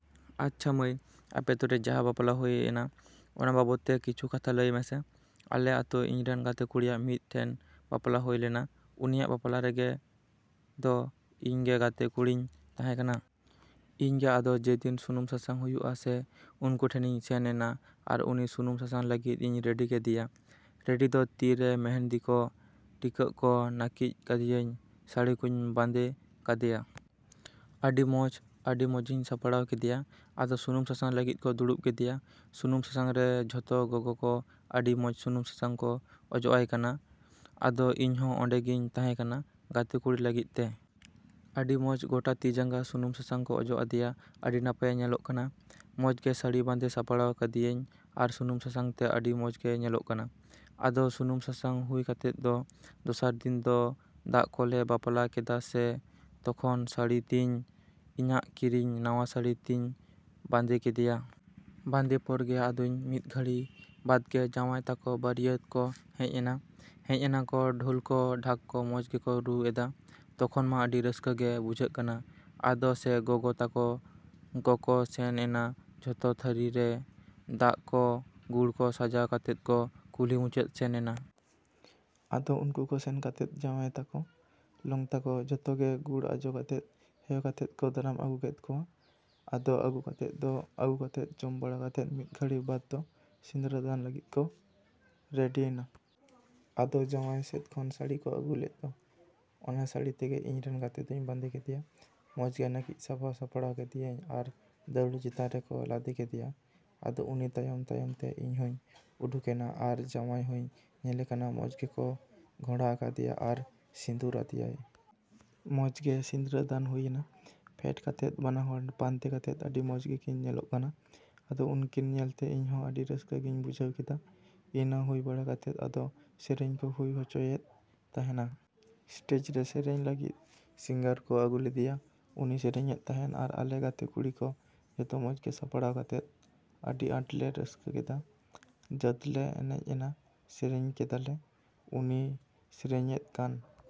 ᱟᱪᱪᱷᱟ ᱢᱟᱹᱭ, ᱟᱯᱮ ᱟᱛᱳᱨᱮ ᱡᱟᱦᱟᱸ ᱵᱟᱯᱞᱟ ᱦᱳᱭ ᱮᱱᱟ ᱚᱱᱟ ᱵᱟᱵᱚᱫ ᱛᱮ ᱠᱤᱪᱷᱩ ᱠᱟᱛᱷᱟ ᱞᱟᱹᱭ ᱢᱮᱥᱮ? ᱟᱞᱮ ᱟᱛᱳ ᱤᱧᱨᱮᱱ ᱜᱟᱛᱮ ᱠᱩᱲᱤᱭᱟᱜ ᱢᱤᱫ ᱴᱮᱱ ᱵᱟᱯᱞᱟ ᱦᱳᱭ ᱞᱮᱱᱟ᱾ ᱩᱱᱤᱭᱟᱜ ᱵᱟᱯᱞᱟ ᱨᱮᱜᱮ ᱫᱚ ᱤᱧ ᱜᱮ ᱜᱟᱛᱮ ᱠᱩᱲᱤᱧ ᱛᱟᱦᱮᱸ ᱠᱟᱱᱟ᱾ ᱤᱧ ᱜᱮ ᱟᱫᱚ ᱡᱮ ᱫᱤᱱ ᱥᱩᱱᱩᱢ ᱥᱟᱥᱟᱝ ᱦᱩᱭᱩᱜᱼᱟ ᱥᱮ ᱩᱱᱠᱩ ᱴᱷᱮᱱᱤᱧ ᱥᱮᱱ ᱮᱱᱟ ᱟᱨ ᱩᱱᱤ ᱥᱩᱱᱩᱢ ᱥᱟᱥᱟᱝ ᱞᱟᱹᱜᱤᱫ ᱤᱧ ᱨᱮᱰᱤ ᱠᱮᱫᱮᱭᱟ᱾ ᱨᱮᱰᱤ ᱫᱚ ᱛᱤ ᱨᱮ ᱢᱮᱦᱮᱱᱫᱤ ᱠᱚ, ᱴᱤᱠᱟᱹᱜ ᱠᱚ, ᱱᱟᱹᱠᱤᱪ ᱠᱟᱫᱮᱭᱟᱹᱧ, ᱥᱟᱹᱲᱤ ᱠᱚᱧ ᱵᱟᱸᱫᱮ ᱠᱟᱫᱮᱭᱟ᱾ ᱟᱹᱰᱤ ᱢᱚᱸᱡᱽ, ᱟᱹᱰᱤ ᱢᱚᱸᱡᱤᱧ ᱥᱟᱯᱲᱟᱣ ᱠᱟᱫᱮᱭᱟ᱾ ᱟᱫᱚ ᱥᱩᱱᱩᱢ ᱥᱟᱥᱟᱝ ᱞᱟᱹᱜᱤᱫ ᱠᱚ ᱫᱩᱲᱩᱵ ᱠᱮᱫᱮᱭᱟ᱾ ᱥᱩᱱᱩᱢ ᱥᱟᱥᱟᱝ ᱨᱮ ᱡᱷᱚᱛᱚ ᱜᱚᱜᱚ ᱠᱚ ᱟᱹᱰᱤ ᱢᱚᱸᱡᱽ ᱥᱩᱱᱩᱢ ᱥᱟᱥᱟᱝ ᱠᱚ ᱚᱡᱚᱜ ᱟᱭ ᱠᱟᱱᱟ᱾ ᱟᱫᱚ ᱤᱧ ᱦᱚᱸ ᱚᱸᱰᱮ ᱜᱤᱧ ᱛᱟᱦᱮᱸ ᱠᱟᱱᱟ ᱜᱟᱛᱮ ᱠᱩᱲᱤ ᱞᱟᱹᱜᱤᱫ ᱛᱮ᱾ ᱟᱹᱰᱤ ᱢᱚᱸᱡᱽ ᱜᱚᱴᱟ ᱛᱤ ᱡᱟᱸᱜᱟ ᱥᱩᱱᱩᱢ ᱥᱟᱥᱟᱝ ᱠᱚ ᱚᱡᱚᱜ ᱟᱫᱮᱭᱟ, ᱟᱹᱰᱤ ᱱᱟᱯᱟᱭᱮ ᱧᱮᱞᱚᱜ ᱠᱟᱱᱟ᱾ ᱢᱚᱸᱡᱽ ᱜᱮ ᱥᱟᱹᱲᱤ ᱵᱟᱸᱫᱮ ᱥᱟᱯᱲᱟᱣ ᱠᱟᱫᱮᱭᱟᱹᱧ ᱟᱨ ᱥᱩᱱᱩᱢ ᱥᱟᱥᱟᱝ ᱛᱮ ᱟᱹᱰᱤ ᱢᱚᱸᱡᱽ ᱜᱮᱭ ᱧᱮᱞᱚᱜ ᱠᱟᱱᱟ᱾ ᱟᱫᱚ ᱥᱩᱱᱩᱢ ᱥᱟᱥᱟᱝ ᱦᱩᱭ ᱠᱟᱛᱮᱫ ᱫᱚ ᱫᱚᱥᱟᱨ ᱫᱤᱱ ᱫᱚ ᱫᱟᱜ ᱠᱚᱞᱮ ᱵᱟᱯᱞᱟ ᱠᱮᱫᱟ ᱥᱮ ᱛᱚᱠᱷᱚᱱ ᱥᱟᱹᱲᱤ ᱛᱤᱧ, ᱤᱧᱟᱹᱜ ᱠᱤᱨᱤᱧ ᱱᱟᱣᱟ ᱥᱟᱹᱲᱤ ᱛᱤᱧ ᱵᱟᱸᱫᱮ ᱠᱮᱫᱮᱭᱟ᱾ ᱵᱟᱸᱫᱮ ᱯᱚᱨ ᱜᱮ ᱟᱫᱚᱧ ᱢᱤᱫ ᱜᱷᱟᱹᱲᱤ ᱵᱟᱫ ᱜᱮ ᱡᱟᱶᱟᱭ ᱛᱟᱠᱚ ᱵᱟᱹᱨᱭᱟᱹᱛ ᱠᱚ ᱦᱮᱡ ᱮᱱᱟ᱾ ᱦᱮᱡ ᱮᱱᱟᱠᱚ ᱰᱷᱳᱞ ᱠᱚ ᱰᱷᱟᱠ ᱠᱚ ᱢᱚᱸᱡᱽ ᱜᱮᱠᱚ ᱨᱩ ᱮᱫᱟ, ᱛᱚᱠᱷᱚᱱ ᱢᱟ ᱟᱹᱰᱤ ᱨᱟᱹᱥᱠᱟᱹ ᱜᱮ ᱵᱩᱡᱷᱟᱹᱜ ᱠᱟᱱᱟ᱾ ᱟᱫᱚ ᱥᱮ ᱜᱚᱜᱚ ᱛᱟᱠᱚ ᱠᱚᱠᱚ ᱥᱮᱱ ᱮᱱᱟ ᱡᱚᱛᱚ ᱛᱷᱟᱹᱨᱤ ᱨᱮ ᱫᱟᱜ ᱠᱚ ᱜᱩᱲ ᱠᱚ ᱥᱟᱡᱟᱣ ᱠᱟᱛᱮᱫ ᱠᱚ ᱠᱩᱞᱦᱤ ᱢᱩᱪᱟᱹᱫ ᱥᱮᱱ ᱮᱱᱟ᱾ ᱟᱫᱚ ᱩᱱᱠᱩ ᱠᱚ ᱥᱮᱱ ᱠᱟᱛᱮᱫ ᱡᱟᱶᱟᱭ ᱛᱟᱠᱚ, ᱞᱚᱝᱛᱟ ᱠᱚ ᱡᱚᱛᱚ ᱜᱮ ᱜᱩᱲ ᱟᱡᱚᱜ ᱠᱟᱛᱮᱫ, ᱦᱮᱣ ᱠᱟᱛᱮᱫ ᱠᱚ ᱫᱟᱨᱟᱢ ᱟᱹᱜᱩ ᱠᱮᱫ ᱠᱚᱣᱟ᱾ ᱟᱫᱚ ᱟᱹᱜᱩ ᱠᱟᱛᱮᱫ ᱫᱚ, ᱟᱹᱜᱩ ᱠᱟᱛᱮᱫ ᱡᱚᱢ ᱵᱟᱲᱟ ᱠᱟᱛᱮᱫ ᱢᱤᱫ ᱜᱷᱟᱹᱲᱤ ᱵᱟᱫ ᱫᱚ ᱥᱤᱸᱫᱽᱨᱟᱹ ᱫᱟᱱ ᱞᱟᱹᱜᱤᱫ ᱠᱚ ᱨᱮᱰᱤ ᱮᱱᱟ᱾ ᱟᱫᱚ ᱡᱟᱢᱟᱭ ᱥᱮᱫ ᱠᱷᱚᱱ ᱥᱟᱹᱲᱤ ᱠᱚ ᱟᱹᱜᱩ ᱞᱮᱫ ᱫᱚ ᱚᱱᱟ ᱥᱟᱹᱲᱤ ᱛᱮᱜᱮ ᱤᱧ ᱨᱮᱱ ᱜᱟᱛᱮ ᱫᱚᱧ ᱵᱟᱸᱫᱮ ᱠᱮᱫᱮᱭᱟ᱾ ᱢᱚᱸᱡᱽ ᱜᱮ ᱱᱟᱹᱠᱤᱪ ᱥᱟᱯᱷᱟ ᱥᱟᱯᱲᱟᱣ ᱠᱟᱫᱮᱭᱟᱹᱧ ᱟᱨ ᱫᱟᱹᱣᱲᱟᱹ ᱪᱮᱛᱟᱱ ᱨᱮᱠᱚ ᱞᱟᱫᱮ ᱠᱮᱫᱮᱭᱟ᱾ ᱟᱫᱚ ᱩᱱᱤ ᱛᱟᱭᱚᱢᱼᱛᱟᱭᱚᱢ ᱛᱮ ᱤᱧ ᱦᱚᱸᱧ ᱩᱰᱩᱠᱮᱱᱟ ᱟᱨ ᱡᱟᱢᱟᱭ ᱦᱚᱸᱧ ᱧᱮᱞᱮ ᱠᱟᱱᱟ ᱢᱚᱸᱡᱽ ᱜᱮᱠᱚ ᱜᱷᱚᱲᱟ ᱟᱠᱟᱫᱮᱭᱟ ᱟᱨ ᱥᱤᱸᱫᱩᱨ ᱟᱫᱮᱭᱟᱭ᱾ ᱢᱚᱸᱡᱽ ᱜᱮ ᱥᱤᱸᱫᱽᱨᱟᱹ ᱫᱟᱱ ᱦᱩᱭ ᱮᱱᱟ᱾ ᱯᱷᱮᱰ ᱠᱟᱛᱮᱫ ᱵᱟᱱᱟ ᱦᱚᱲ ᱯᱟᱱᱛᱮ ᱠᱟᱛᱮᱫ ᱟᱹᱰᱤ ᱢᱚᱸᱡᱽ ᱜᱮᱠᱤᱱ ᱧᱮᱞᱚᱜ ᱠᱟᱱᱟ᱾ ᱟᱫᱚ ᱩᱱᱠᱤᱱ ᱧᱮᱞᱛᱮ ᱤᱧ ᱦᱚᱸ ᱟᱹᱰᱤ ᱨᱟᱹᱥᱠᱟᱹ ᱜᱤᱧ ᱵᱩᱡᱷᱟᱹᱣ ᱠᱮᱫᱟ᱾ ᱤᱱᱟᱹ ᱦᱩᱭ ᱵᱟᱲᱟ ᱠᱟᱛᱮᱫ ᱟᱫᱚ ᱥᱮᱨᱮᱧ ᱠᱚ ᱦᱩᱭ ᱦᱚᱪᱚᱭᱮᱫ ᱛᱟᱸᱦᱮᱱᱟ᱾ ᱥᱴᱮᱡ ᱨᱮ ᱥᱮᱨᱮᱧ ᱞᱟᱹᱜᱤᱫ ᱥᱤᱝᱜᱟᱨ ᱠᱚ ᱟᱹᱜᱩ ᱞᱮᱫᱮᱭᱟ᱾ ᱩᱱᱤ ᱥᱮᱨᱮᱧᱮᱫ ᱛᱟᱸᱦᱮᱱ ᱟᱨ ᱟᱞᱮ ᱜᱟᱛᱮ ᱠᱩᱲᱤ ᱠᱚ ᱡᱚᱛᱚ ᱢᱚᱸᱡᱽ ᱜᱮ ᱥᱟᱯᱲᱟᱣ ᱠᱟᱛᱮᱫ ᱟᱹᱰᱤ ᱟᱸᱴ ᱞᱮ ᱨᱟᱹᱥᱠᱟᱹ ᱠᱮᱫᱟ᱾ ᱡᱟᱛ ᱞᱮ ᱮᱱᱮᱡ ᱮᱱᱟ, ᱥᱮᱨᱮᱧ ᱠᱮᱫᱟ ᱞᱮ᱾ ᱩᱱᱤ ᱥᱮᱨᱮᱧᱮᱫ ᱠᱟᱱ